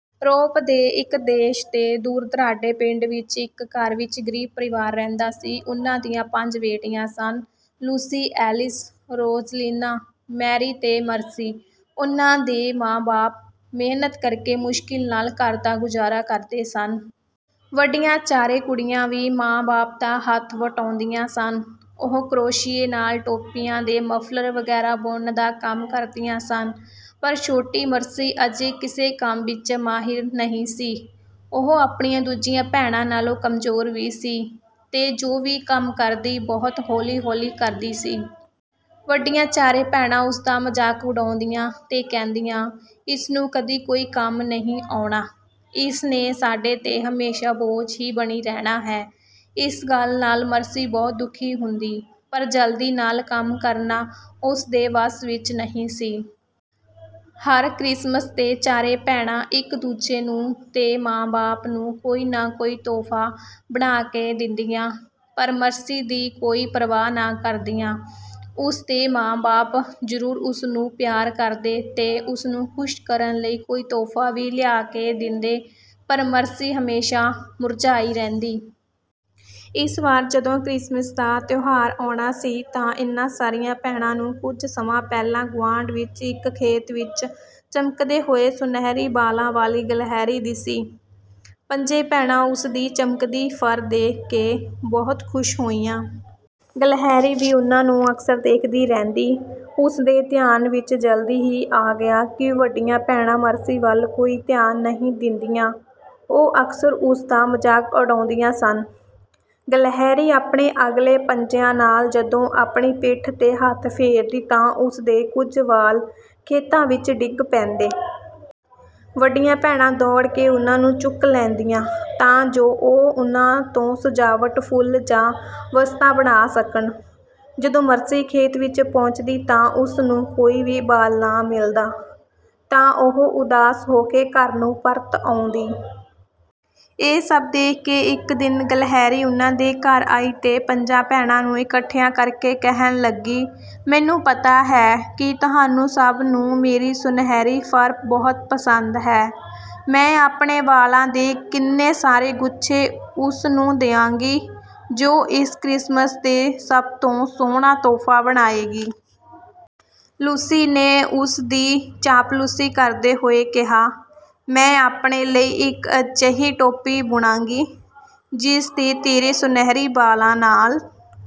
ਰੋਪ ਦੇ ਇੱਕ ਦੇਸ਼ ਦੇ ਦੂਰ-ਦੁਰਾਡੇ ਪਿੰਡ ਵਿੱਚ ਇੱਕ ਘਰ ਵਿੱਚ ਗ਼ਰੀਬ ਪਰਿਵਾਰ ਰਹਿੰਦਾ ਸੀ। ਉਨ੍ਹਾਂ ਦੀਆਂ ਪੰਜ ਬੇਟੀਆਂ ਸਨ—ਲੂਸੀ, ਐਲਿਸ, ਰੋਜ਼ਲੀਨਾ, ਮੈਰੀ ਤੇ ਮਰਸੀ। ਉਨ੍ਹਾਂ ਦੇ ਮਾਂ-ਬਾਪ ਮਿਹਨਤ ਕਰਕੇ ਮੁਸ਼ਕਿਲ ਨਾਲ ਘਰ ਦਾ ਗੁਜ਼ਾਰਾ ਕਰਦੇ ਸਨ। ਵੱਡੀਆਂ ਚਾਰੇ ਕੁੜੀਆਂ ਵੀ ਮਾਂ-ਬਾਪ ਦਾ ਹੱਥ ਵਟਾਉਂਦੀਆਂ ਸਨ। ਉਹ ਕਰੋਸ਼ੀਏ ਨਾਲ ਟੋਪੀਆਂ ਤੇ ਮਫ਼ਲਰ ਵਗੈਰਾ ਬੁਣਨ ਦਾ ਕੰਮ ਕਰਦੀਆਂ ਸਨ, ਪਰ ਛੋਟੀ ਮਰਸੀ ਅਜੇ ਕਿਸੇ ਕੰਮ ਵਿੱਚ ਮਾਹਿਰ ਨਹੀਂ ਸੀ। ਉਹ ਆਪਣੀਆਂ ਦੂਜੀਆਂ ਭੈਣਾਂ ਨਾਲੋਂ ਕਮਜ਼ੋਰ ਵੀ ਸੀ ਤੇ ਜੋ ਵੀ ਕੰਮ ਕਰਦੀ, ਬਹੁਤ ਹੌਲੀ-ਹੌਲੀ ਕਰਦੀ ਸੀ। ਵੱਡੀਆਂ ਚਾਰੇ ਭੈਣਾਂ ਉਸ ਦਾ ਮਜ਼ਾਕ ਉਡਾਉਂਦੀਆਂ ਤੇ ਕਹਿੰਦੀਆਂ, “ਇਸ ਨੂੰ ਕਦੀ ਕੋਈ ਕੰਮ ਨਹੀਂ ਆਉਣਾ। ਇਸ ਨੇ ਸਾਡੇ ’ਤੇ ਹਮੇਸ਼ਾਂ ਬੋਝ ਹੀ ਬਣੀ ਰਹਿਣਾ ਹੈ।”ਇਸ ਗੱਲ ਨਾਲ ਮਰਸੀ ਬਹੁਤ ਦੁਖੀ ਹੁੰਦੀ, ਪਰ ਜਲਦੀ ਨਾਲ ਕੰਮ ਕਰਨਾ ਉਸ ਦੇ ਵੱਸ ਵਿੱਚ ਨਹੀਂ ਸੀ। ਹਰ ਕ੍ਰਿਸਮਸ ’ਤੇ ਚਾਰੇ ਭੈਣਾਂ ਇੱਕ-ਦੂਜੇ ਨੂੰ ਤੇ ਮਾਂ-ਬਾਪ ਨੂੰ ਕੋਈ ਨਾ ਕੋਈ ਤੋਹਫ਼ਾ ਬਣਾ ਕੇ ਦਿੰਦੀਆਂ, ਪਰ ਮਰਸੀ ਦੀ ਕੋਈ ਪਰਵਾਹ ਨਾ ਕਰਦੀਆਂ। ਉਸ ਦੇ ਮਾਂ-ਬਾਪ ਜ਼ਰੂਰ ਉਸ ਨੂੰ ਪਿਆਰ ਕਰਦੇ ਤੇ ਉਸ ਨੂੰ ਖ਼ੁਸ਼ ਕਰਨ ਲਈ ਕੋਈ ਤੋਹਫ਼ਾ ਵੀ ਲਿਆ ਕੇ ਦਿੰਦੇ, ਪਰ ਮਰਸੀ ਹਮੇਸ਼ਾਂ ਮੁਰਝਾਈ ਰਹਿੰਦੀ। ਇਸ ਵਾਰ ਜਦੋਂ ਕ੍ਰਿਸਮਸ ਦਾ ਤਿਉਹਾਰ ਆਉਣਾ ਸੀ ਤਾਂ ਇਨ੍ਹਾਂ ਸਾਰੀਆਂ ਭੈਣਾਂ ਨੂੰ ਕੁਝ ਸਮਾਂ ਪਹਿਲਾਂ ਗੁਆਂਢ ਵਿੱਚ ਇੱਕ ਖੇਤ ਵਿੱਚ ਚਮਕਦੇ ਹੋਏ ਸੁਨਹਿਰੀ ਵਾਲਾਂ ਵਾਲੀ ਗਲਹਿਰੀ ਦਿਸੀ। ਪੰਜੇ ਭੈਣਾਂ ਉਸ ਦੀ ਚਮਕਦੀ ਫ਼ਰ ਦੇਖ ਕੇ ਬਹੁਤ ਖ਼ੁਸ਼ ਹੋਈਆਂ। ਗਲਹਿਰੀ ਵੀ ਉਨ੍ਹਾਂ ਨੂੰ ਅਕਸਰ ਦੇਖਦੀ ਰਹਿੰਦੀ। ਉਸ ਦੇ ਧਿਆਨ ਵਿੱਚ ਜਲਦੀ ਹੀ ਆ ਗਿਆ ਕਿ ਵੱਡੀਆਂ ਭੈਣਾਂ ਮਰਸੀ ਵੱਲ ਕੋਈ ਧਿਆਨ ਨਹੀਂ ਦਿੰਦੀਆਂ। ਉਹ ਅਕਸਰ ਉਸ ਦਾ ਮਜ਼ਾਕ ਉਡਾਉਂਦੀਆਂ ਸਨ। ਗਲਹਿਰੀ ਆਪਣੇ ਅਗਲੇ ਪੰਜਿਆਂ ਨਾਲ ਜਦੋਂ ਆਪਣੀ ਪਿੱਠ ’ਤੇ ਹੱਥ ਫੇਰਦੀ ਤਾਂ ਉਸ ਦੇ ਕੁਝ ਵਾਲ ਖੇਤਾਂ ਵਿੱਚ ਡਿੱਗ ਪੈਂਦੇ। ਵੱਡੀਆਂ ਭੈਣਾਂ ਦੌੜ ਕੇ ਉਨ੍ਹਾਂ ਨੂੰ ਚੁੱਕ ਲੈਂਦੀਆਂ ਤਾਂ ਜੋ ਉਹ ਉਨ੍ਹਾਂ ਤੋਂ ਸਜਾਵਟੀ ਫੁੱਲ ਜਾਂ ਵਸਤਾਂ ਬਣਾ ਸਕਣ। ਜਦੋਂ ਮਰਸੀ ਖੇਤ ਵਿੱਚ ਪਹੁੰਚਦੀ ਤਾਂ ਉਸ ਨੂੰ ਕੋਈ ਵੀ ਵਾਲ ਨਾ ਮਿਲਦਾ, ਤਾਂ ਉਹ ਉਦਾਸ ਹੋ ਕੇ ਘਰ ਨੂੰ ਪਰਤ ਆਉਂਦੀ। ਇਹ ਸਭ ਦੇਖ ਕੇ ਇੱਕ ਦਿਨ ਗਲਹਿਰੀ ਉਨ੍ਹਾਂ ਦੇ ਘਰ ਆਈ ਤੇ ਪੰਜਾਂ ਭੈਣਾਂ ਨੂੰ ਇਕੱਠਿਆਂ ਕਰਕੇ ਕਹਿਣ ਲੱਗੀ, “ਮੈਨੂੰ ਪਤਾ ਹੈ ਕਿ ਤੁਹਾਨੂੰ ਸਭ ਨੂੰ ਮੇਰੀ ਸੁਨਹਿਰੀ ਫ਼ਰ ਬਹੁਤ ਪਸੰਦ ਹੈ। ਮੈਂ ਆਪਣੇ ਵਾਲਾਂ ਦੇ ਕਿੰਨੇ ਸਾਰੇ ਗੁੱਛੇ ਉਸ ਨੂੰ ਦਿਆਂਗੀ, ਜੋ ਇਸ ਕ੍ਰਿਸਮਸ ’ਤੇ ਸਭ ਤੋਂ ਸੋਹਣਾ ਤੋਹਫ਼ਾ ਬਣਾਏਗੀ।” ਲੂਸੀ ਨੇ ਉਸ ਦੀ ਚਾਪਲੂਸੀ ਕਰਦੇ ਹੋਏ ਕਿਹਾ, “ਮੈਂ ਆਪਣੇ ਲਈ ਇੱਕ ਅਜਿਹੀ ਟੋਪੀ ਬੁਣਾਂਗੀ, ਜਿਸ ’ਤੇ ਤੇਰੇ ਸੁਨਹਿਰੀ ਵਾਲਾਂ ਨਾਲ